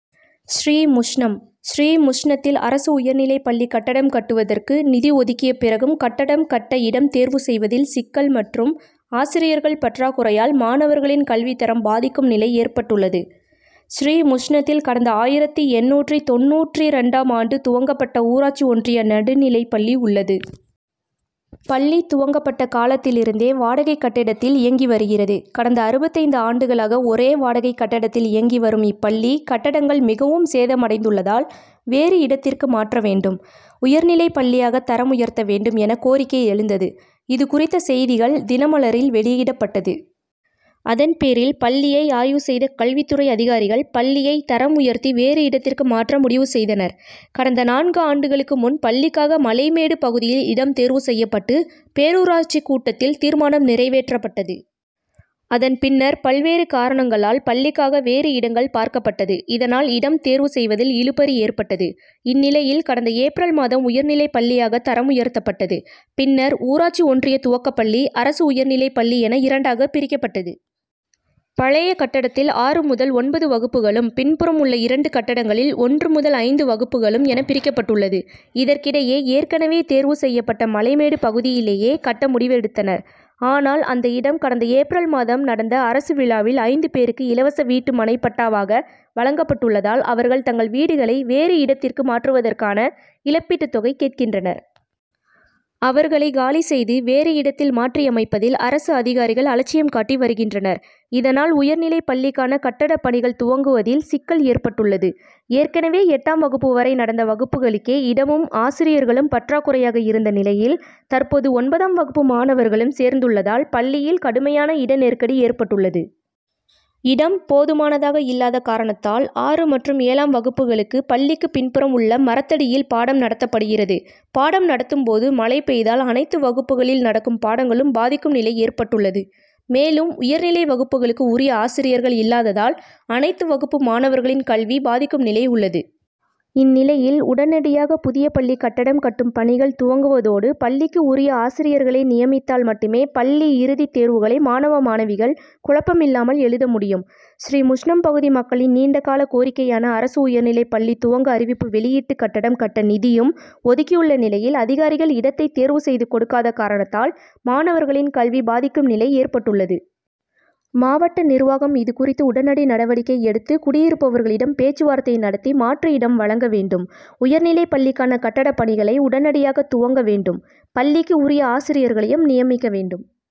ஸ்ரீமுஷ்ணம் ஸ்ரீமுஷ்ணத்தில் அரசு உயர்நிலைப் பள்ளி கட்டடம் கட்டுவதற்கு நிதி ஒதுக்கிய பிறகும் கட்டடம் கட்ட இடம் தேர்வு செய்வதில் சிக்கல் மற் றும் ஆசிரியர்கள் பற்றாக் குறையால் மாணவர்களின் கல்வித்தரம் பாதிக் கும் நிலை ஏற்பட் டுள்ளது. ஸ்ரீமுஷ்ணத்தில் கடந்த ஆயிரத்து எண்ணூற்று தொண்ணூற்றிரண்டாம் ஆண்டு துவங்கப் பட்ட ஊராட்சி ஒன்றிய நடுநிலைப்பள்ளி உள்ளது. பள்ளி துவங்கப்பட்ட காலத்திலிருந்தே வாடகை கட்டடத்தில் இயங்கி வருகிறது. கடந்த அறுபத்தைந்து ஆண்டுகளாக ஒரே வாடகை கட்டடத்தில் இயங்கி வரும் இப்பள்ளி கட்டடங்கள் மிகவும் சேதமடைந்துள்ளதால் வேறு இடத்திற்கு மாற்ற வேண்டும். உயர்நிலைப் பள்ளியாக தரம் உயர்த்த வேண்டும் என கோரிக்கை எழுந்தது. இது குறித்த செய்திகள் தினமலரில் வெளியிடப்பட்டது. அதன் பேரில் பள்ளியை ஆய்வு செய்த கல்வித் துறை அதிகாரிகள், பள் ளியை தரம் உயர்த்தி வேறு இடத்திற்கு மாற்ற முடிவு செய்தனர். கடந்த நான்கு ஆண்டுகளுக்கு முன் பள் ளிக்காக மலைமேடு பகுதியில் இடம் தேர்வு செய்யப் பட்டு பேரூராட்சி கூட்டத் தில் தீர்மானம் நிறைவேற் றப்பட்டது. அதன் பின்னர் பல்வேறு காரணங் களால் பள்ளிக்காக வேறு இடங் கள் பார்க்கப்பட் டது. இதனால் இடம் தேர்வு செய்வதில் இழுபறி ஏற்பட்டது. இந்நிலையில் கடந்த ஏப்ரல் மாதம் உயர்நிலைப் பள்ளியாக தரம் உயர்த்தப் பட்டது. பின்னர் ஊராட்சி ஒன்றிய துவக்கப் பள்ளி, அரசு உயர்நிலைப் பள்ளி என இரண்டாக பிரிக்கப் பட்டது. பழைய கட்டடத்தில் ஆறு முதல் ஒன்பது வகுப்புகளும், பின்புறம் உள்ள இரண்டு கட்டடங்களில் ஒன்று முதல் ஐந்து வகுப்புகள் என பிரிக்கப்பட்டுள்ளது. இதற்கிடையே ஏற்கனவே தேர்வு செய்யப் பட்ட மலைமேடு பகுதியிலேயே கட்ட முடிவெடுத் தனர். ஆனால், அந்த இடம் கடந்த ஏப்ரல் மாதம் நடந்த அரசு விழாவில் ஐந்து பேருக்கு இலவச வீட்டு மனைப்பட் டா வாக வழங்கப்பட்டுள்ளதால் அவர்கள் தங்கள் வீடுகளை வேறு இடத் திற்கு மாற்றுவதற்கான இழப் பீட்டு தொகை கேட்கின்றனர். அவர்களை காலி செய்து வேறு இடத்தில் மாற்றியமைப்பதில் அரசு அதிகாரிகள் அலட்சியம் காட்டி வருகின்றனர். இதனால் உயர்நிலைப் பள்ளிக் கான கட்டடப் பணிகள் துவங்குவதில் சிக்கல் ஏற் பட்டுள்ளது. ஏற்கனவே எட்டாம் வகுப்பு வரை நடந்த வகுப்புகளுக்கே இடமும், ஆசிரியர்களும் பற்றாக்குறையாக இருந்த நிலையில் தற்போது ஒன்பதாம் வகுப்பு மாணவர்களும் சேர்ந்துள் ளதால் பள்ளியில் கடுமையான இட நெருக்கடி ஏற் பட்டுள்ளது. இடம் போதுமானதாக இல்லாத காரணத்தால் ஆறு மற்றும் ஏழாம் வகுப்புகளுக்கு பள்ளிக்கு பின்புறம் உள்ள மரத்தடியில் பாடம் நடத்தப்படுகிறது. பாடம் நடத்தும் போது மழை பெய்தால் அனைத்து வகுப்புகளில் நடக்கும் பாடங்களும் பாதிக்கும் நிலை ஏற்பட் டுள்ளது. மேலும் உயர் நிலை வகுப்புகளுக்கு உரிய ஆசிரியர்கள் இல்லாததால் அனைத்து வகுப்பு மாணவர்களின் கல்வி பாதிக்கும் நிலை உள்ளது. இந்நிலையில் உடனடியாக புதிய பள்ளி கட்டடம் கட்டும் பணிகள் துவங்குவதோடு பள்ளிக்கு உரிய ஆசிரியர்களை நியமித் தால் மட்டுமே பள்ளி இறுதித் தேர்வுகளை மாணவ, மாணவிகள் குழப்பமில்லாமல் எழுத முடியும். ஸ்ரீமுஷ்ணம் பகுதி மக்களின் நீண்டகால கோரிக் கையான அரசு உயர்நிலைப் பள்ளி துவங்க அறிவிப்பு வெளியிட்டு, கட்டடம் கட்ட நிதியும் ஒதுக்கியுள்ள நிலையில் அதிகாரிகள் இடத்தை தேர்வு செய்து கொடுக்காத காரணத்தால் மாணவர்களின் கல்வி பாதிக்கும் நிலை ஏற்பட்டுள்ளது. மாவட்ட நிர்வாகம் இது குறித்து உடனடி நடவடிக்கை எடுத்து குடியிருப்பவர்களிடம் பேச்சுவார்த்தை நடத்தி மாற்று இடம் வழங்க வேண்டும். உயர்நிலைப் பள்ளிக்கான கட்டடப் பணிகளை உடனடியாக துவங்க வேண் டும். பள்ளிக்கு உரிய ஆசிரியர்களையும் நியமிக்க வேண்டும்.